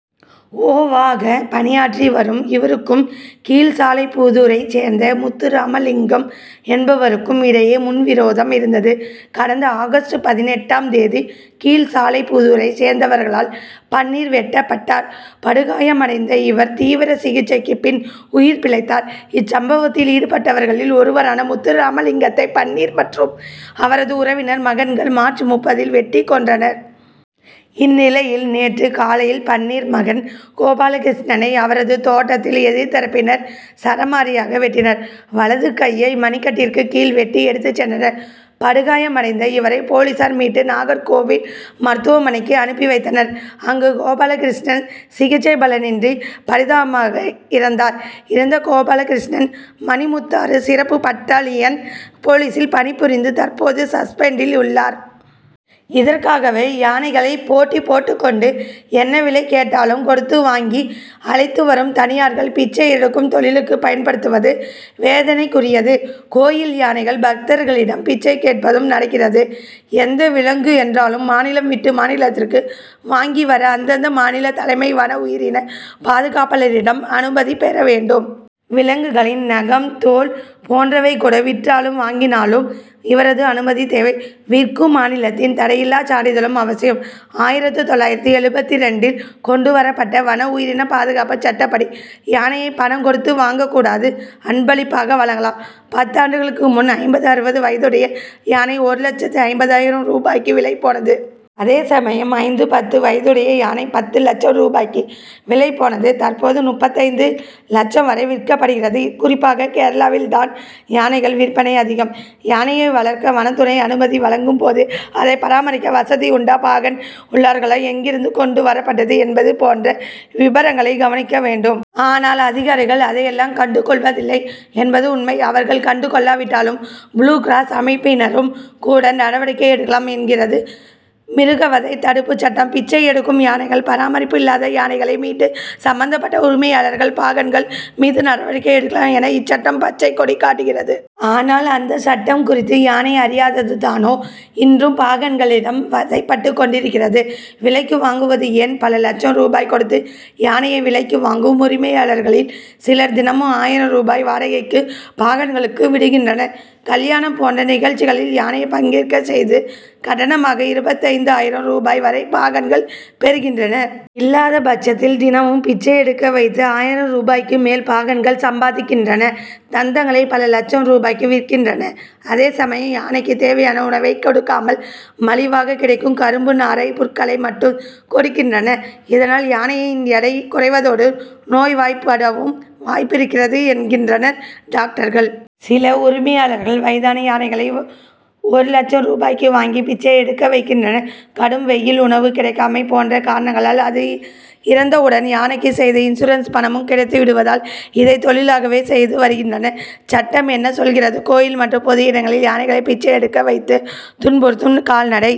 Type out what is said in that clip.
ஓ. வாக பணியாற்றி வரும் இவருக்கும் கீழசாலைப்புதூரை சேர்ந்த முத்துராமலிங்கம் என்பவருக்கும் இடையே முன்விரோதம் இருந்தது. கடந்த ஆகஸ்ட் பதினெட்டாம் தேதி கீழசாலைப்புதூரை சேர்ந்தவர்களால் பன்னீர் வெட்டப்பட்டார். படுகாயமடைந்த இவர் தீவிர சிகிச்சைக்குப் பின் உயிர் பிழைத்தார். இச்சம்பவத்தில் ஈடுபட்டவர்களில் ஒருவரான முத்துராமலிங்கத்தை பன்னீர் மற்றும் அவரது உறவினர் மகன்கள் மார்ச் முப்பதில் வெட்டிக் கொன்றனர். இந்நிலையில் நேற்று காலையில் பன்னீர் மகன் கோபாலகிருஷ்ணனை அவரது தோட்டத்தில் எதிர்தரப்பினர் சரமாரியாக வெட்டினர். வலது கையை மணிக்கட்டிற்கு கீழ் வெட்டி எடுத்துச் சென்றனர். படுகாயமடைந்த இவரை போலீசார் மீட்டு நாகர்கோவில் மருத்துவமனைக்கு அனுப்பி வைத்தனர். அங்கு கோபாலகிருஷ்ணன் சிகிச்சை பலனின்றி பரிதாபமாக இறந்தார். இறந்த கோபாலகிருஷ்ணன் மணிமுத்தாறு சிறப்பு பட்டாலியன் போலீசில் பணிபுரிந்து தற்போது சஸ்பெண்டில் உள்ளார். இதற்காகவே யானைகளை போட்டி போட்டுக்கொண்டு என்ன விலை கேட்டாலும் கொடுத்து வாங்கி அழைத்துவரும் தனியார்கள் பிச்சை எடுக்கும் தொழிலுக்கு பயன்படுத்துவது வேதனைக்குரியது. கோயில் யானைகள் பக்தர்களிடம் பிச்சை கேட்பதும் நடக்கிறது. எந்த விலங்கு என்றாலும் மாநிலம் விட்டு மாநிலத்திற்கு வாங்கி வர அந்தந்த மாநில தலைமை வனஉயிரின பாதுகாப்பாளரிடம் அனுமதி பெறவேண்டும். விலங்குகளின் நகம் தோல் போன்றவைகூட விற்றாலும் வாங்கினாலும் இவரது அனுமதி தேவை. விற்கும் மாநிலத்தின் தடையில்லா சான்றிதழும் அவசியம். ஆயிரத்து தொள்ளாயிரத்து எழுபத்திரண்டில் கொண்டுவரப்பட்ட வன உயிரின பாதுகாப்பு சட்டப்படி யானையை பணம் கொடுத்து வாங்கக்கூடாது. அன்பளிப்பாக வழங்கலாம். பத்து ஆண்டுகளுக்கு முன் ஐம்பது-அறுபது வயதுடைய யானை ஒரு லட்சத்து ஐம்பதாயிரம் ரூபாய்க்கு விலை போனது. அதேசமயம் ஐந்து-பத்து வயதுடைய யானை பத்து லட்சம் ரூபாய்க்கு விலை போனது. தற்போது முப்பத்தைந்து லட்சம் வரை விற்கப்படுகிறது. குறிப்பாக கேரளாவில்தான் யானைகள் விற்பனை அதிகம். யானையை வளர்க்க வனத்துறை அனுமதி வழங்கும் போது அதை பராமரிக்க வசதி உண்டா பாகன் உள்ளார்களா எங்கிருந்து கொண்டு வரப்பட்டது என்பது போன்ற விபரங்களை கவனிக்க வேண்டும். ஆனால் அதிகாரிகள் அதையெல்லாம் கண்டுகொள்வதில்லை என்பது உண்மை. அவர்கள் கண்டுகொள்ளாவிட்டாலும் புளூகிராஸ் அமைப்பினரும் கூட நடவடிக்கை எடுக்கலாம் என்கிறது மிருகவதை தடுப்பு சட்டம். பிச்சை எடுக்கும் யானைகள் பராமரிப்பு இல்லாத யானைகளை மீட்டு சம்பந்தப்பட்ட உரிமையாளர்கள் பாகன்கள் மீது நடவடிக்கை எடுக்கலாம் என இச்சட்டம் பச்சை கொடி காட்டுகிறது. ஆனால் அந்த சட்டம் குறித்து யானை அறியாததானோ இன்றும் பாகன்களிடம் வதைபட்டுக் கொண்டிருக்கிறது. விலைக்கு வாங்குவது ஏன். பல லட்சம் ரூபாய் கொடுத்து யானையை விலைக்கு வாங்கும் உரிமையாளர்களில் சிலர் தினமும் ஆயிரம் ரூபாய் வாடகைக்கு பாகன்களுக்கு விடுகின்றனர். கல்யாணம் போன்ற நிகழ்ச்சிகளில் யானையை பங்கேற்க செய்து கட்டணமாக இருபத்தைந்து ஆயிரம் ரூபாய் வரை பாகன்கள் பெறுகின்றனர். இல்லாதபட்சத்தில் தினமும் பிச்சை எடுக்க வைத்து ஆயிரம் ரூபாய்க்கு மேல் பாகன்கள் சம்பாதிக்கின்றனர். தந்தங்களை பல லட்சம் ரூபாய்க்கு விற்கின்றனர். அதேசமயம் யானைக்கு தேவையான உணவை கொடுக்காமல் மலிவாக கிடைக்கும் கரும்பு நாரைப் புற்களை மட்டும் கொடுக்கின்றனர். இதனால் யானையின் எடை குறைவதோடு நோய்வாய்ப்படவும் வாய்ப்பிருக்கிறது என்கின்றனர் டாக்டர்கள். சில உரிமையாளர்கள் வயதான யானைகளை ஒரு லட்சம் ரூபாய்க்கு வாங்கி பிச்சை எடுக்க வைக்கின்றனர். கடும் வெயில் உணவு கிடைக்காமை போன்ற காரணங்களால் அது இறந்தவுடன் யானைக்கு செய்த இன்சூரன்ஸ் பணமும் கிடைத்து விடுவதால் இதை தொழிலாகவே செய்து வருகின்றனர். சட்டம் என்ன சொல்கிறது. கோயில் மற்றும் பொது இடங்களில் யானைகளை பிச்சை எடுக்க வைத்து துன்புறுத்தும் கால்நடை.